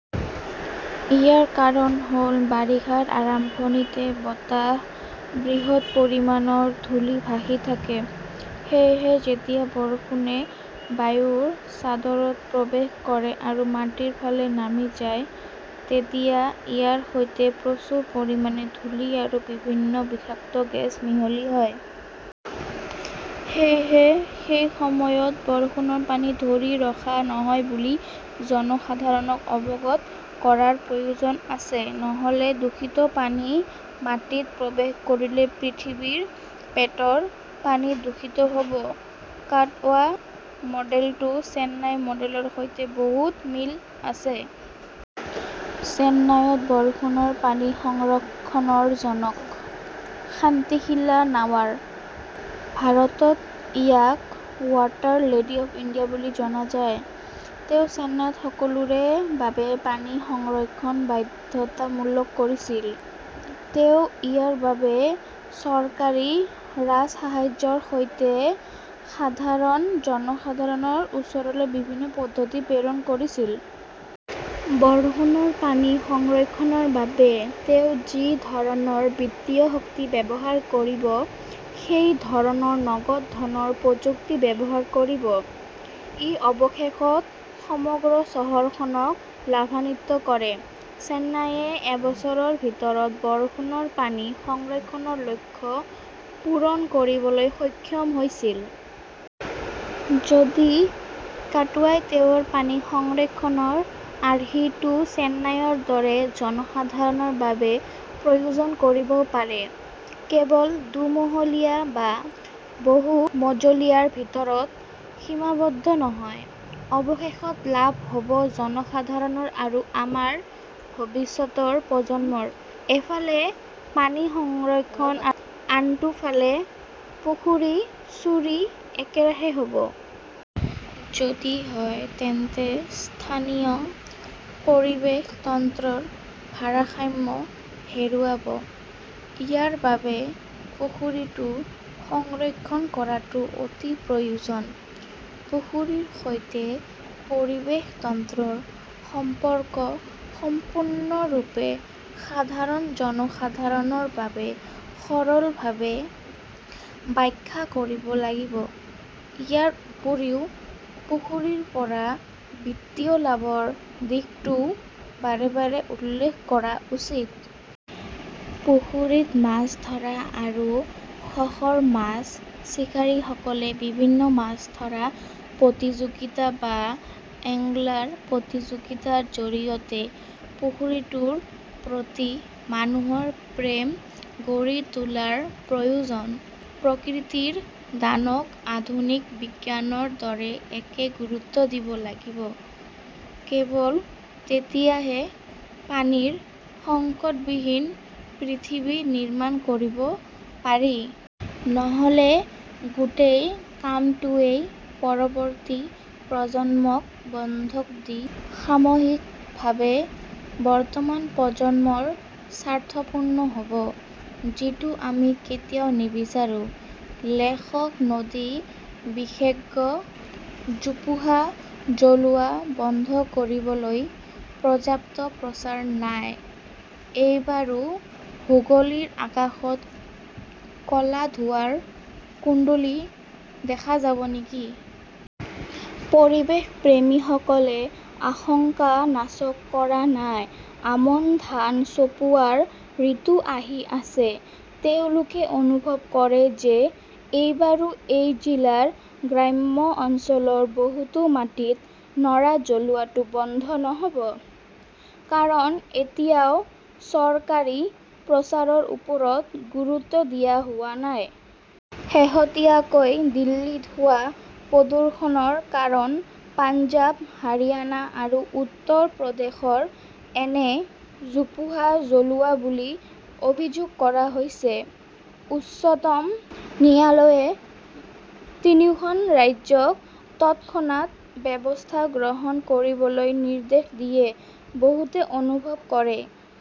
ইয়াৰ কাৰণ হ'ল, বাৰিষাৰ আৰম্ভণিতে বতাহত বৃহৎ পৰিমাণৰ ধূলি ভাহি থাকে। সেয়েহে যেতিয়া বৰষুণে বায়ুৰ চাদৰত প্ৰৱেশ কৰে আৰু মাটিৰ ফালে নামি যায়, তেতিয়া ইয়াৰ সৈতে প্ৰচুৰ পৰিমাণে ধূলি আৰু বিভিন্ন বিষাক্ত গেছ মিহলি হয়। সেয়েহে সেই সময়ত বৰষুণৰ পানী ধৰি ৰখা নহয় বুলি জনসাধাৰণক অৱগত কৰাৰ প্ৰয়োজন আছে। নহ'লে দূষিত পানী মাটিত প্ৰৱেশ কৰিলে পৃথিৱীৰ পেটৰ পানী দূষিত হ'ব। কাটৱা মডেলটো চেন্নাই মডেলৰ সৈতে বহুত মিল আছে। চেন্নাইত বৰষুণৰ পানী সংৰক্ষণৰ জনক শান্তিশিলা নায়াৰ। ভাৰতত ইয়াক ৱাটাৰ লেডী অৱ ইণ্ডিয়া বুলি জনা যায়। তেওঁ চেন্নাইত সকলোৰে বাবে পানী সংৰক্ষণ বাধ্যতামূলক কৰিছিল। তেওঁ ইয়াৰ বাবে চৰকাৰী 'ৰাজসাহায্য"ৰ সৈতে সাধাৰণ জনসাধাৰণৰ ওচৰলৈ বিভিন্ন পদ্ধতি প্ৰেৰণ কৰিছিল। বৰষুণৰ পানী সংৰক্ষণৰ বাবে তেওঁ যি ধৰণৰ বিত্তীয় শক্তি ব্যৱহাৰ কৰিব, সেই ধৰণৰ নগদ ধনৰ প্ৰযুক্তি ব্যৱহাৰ কৰিব। ই অৱশেষত সমগ্ৰ চহৰখনক লাভান্বিত কৰে। চেন্নাইয়ে এবছৰৰ ভিতৰত বৰষুণৰ পানী সংৰক্ষণৰ লক্ষ্য পূৰণ কৰিবলৈ সক্ষম হৈছিল। যদি কাটৱাই তেওঁৰ পানী সংৰক্ষণৰ আৰ্হিটো চেন্নাইৰ দৰে জনসাধাৰণৰ বাবে প্ৰয়োগ কৰিব পাৰে, কেৱল দুমহলীয়া বা বহু-মজলীয়াৰ ভিতৰত সীমাবদ্ধ নহয়, অৱশেষত, লাভ হ'ব জনসাধাৰণৰ আৰু আমাৰ ভৱিষ্যতৰ প্ৰজন্মৰ। এফালে পানী সংৰক্ষণ আৰু আনটো ফালে, পুখুৰী চুৰি একেৰাহে হ'ব। যদি হয়, তেন্তে স্থানীয় পৰিৱেশ তন্ত্ৰৰ ভাৰসাম্য হেৰুৱাব। ইয়াৰ বাবে পুখুৰীটো সংৰক্ষণ কৰাটো অতি প্ৰয়োজনীয়। পুখুৰীৰ সৈতে পৰিৱেশ তন্ত্ৰৰ সম্পৰ্ক সম্পূৰ্ণৰূপে সাধাৰণ জনসাধাৰণৰ বাবে সৰলভাৱে ব্যাখ্যা কৰিব লাগিব। ইয়াৰ উপৰিও, পুখুৰীৰ পৰা বিত্তীয় লাভৰ দিশটোও বাৰে বাৰে উল্লেখ কৰা উচিত। পুখুৰীত মাছ ধৰা আৰু শখৰ মাছ চিকাৰীসকলে বিভিন্ন মাছ ধৰা প্ৰতিযোগিতা বা "এঙ্গলাৰ প্ৰতিযোগিতা"ৰ জৰিয়তে পুখুৰীটোৰ প্ৰতি মানুহৰ প্ৰেম গঢ়ি তোলাৰ প্ৰয়োজন। প্ৰকৃতিৰ দানক আধুনিক বিজ্ঞানৰ দৰে একে গুৰুত্ব দিব লাগিব। কেৱল তেতিয়াহে পানীৰ সংকটবিহীন পৃথিৱী নিৰ্মাণ কৰিব পাৰি। নহ'লে গোটেই কামটোৱেই পৰৱৰ্তী প্ৰজন্মক বন্ধক দি সাময়িকভাৱে বৰ্তমান প্ৰজন্মৰ স্বাৰ্থপূৰ্ণ হ'ব। যিটো আমি কেতিয়াও নিবিচাৰো। লেখক নদী বিশেষজ্ঞ। জোপোহা জ্বলোৱা বন্ধ কৰিবলৈ পৰ্যাপ্ত প্ৰচাৰ নাই এইবাৰো হুগলীৰ আকাশত ক'লা ধোঁৱাৰ কুণ্ডলী দেখা যাব নেকি? পৰিৱেশপ্ৰেমীসকলে আশংকা নাকচ কৰা নাই। আমন ধান চপোৱাৰ ঋতু আহি আছে। তেওঁলোকে অনুভৱ কৰে যে এইবাৰো এই জিলাৰ গ্ৰাম্য অঞ্চলৰ বহুতো মাটিত ন'ৰা জ্বলোৱাটো বন্ধ নহ'ব। কাৰণ, এতিয়াও চৰকাৰী প্ৰচাৰৰ ওপৰত গুৰুত্ব দিয়া হোৱা নাই। শেহতীয়াকৈ দিল্লীত হোৱা প্ৰদূষণৰ কাৰণ পঞ্জাৱ, হাৰিয়ানা আৰু উত্তৰ প্ৰদেশৰ এনে জোপোহা জ্বলোৱা বুলি অভিযোগ কৰা হৈছে। উচ্চতম ন্যায়ালয়ে তিনিওখন ৰাজ্যক তৎক্ষণাত ব্যৱস্থা গ্ৰহণ কৰিবলৈ নিৰ্দেশ দিয়ে। বহুতে অনুভৱ কৰে।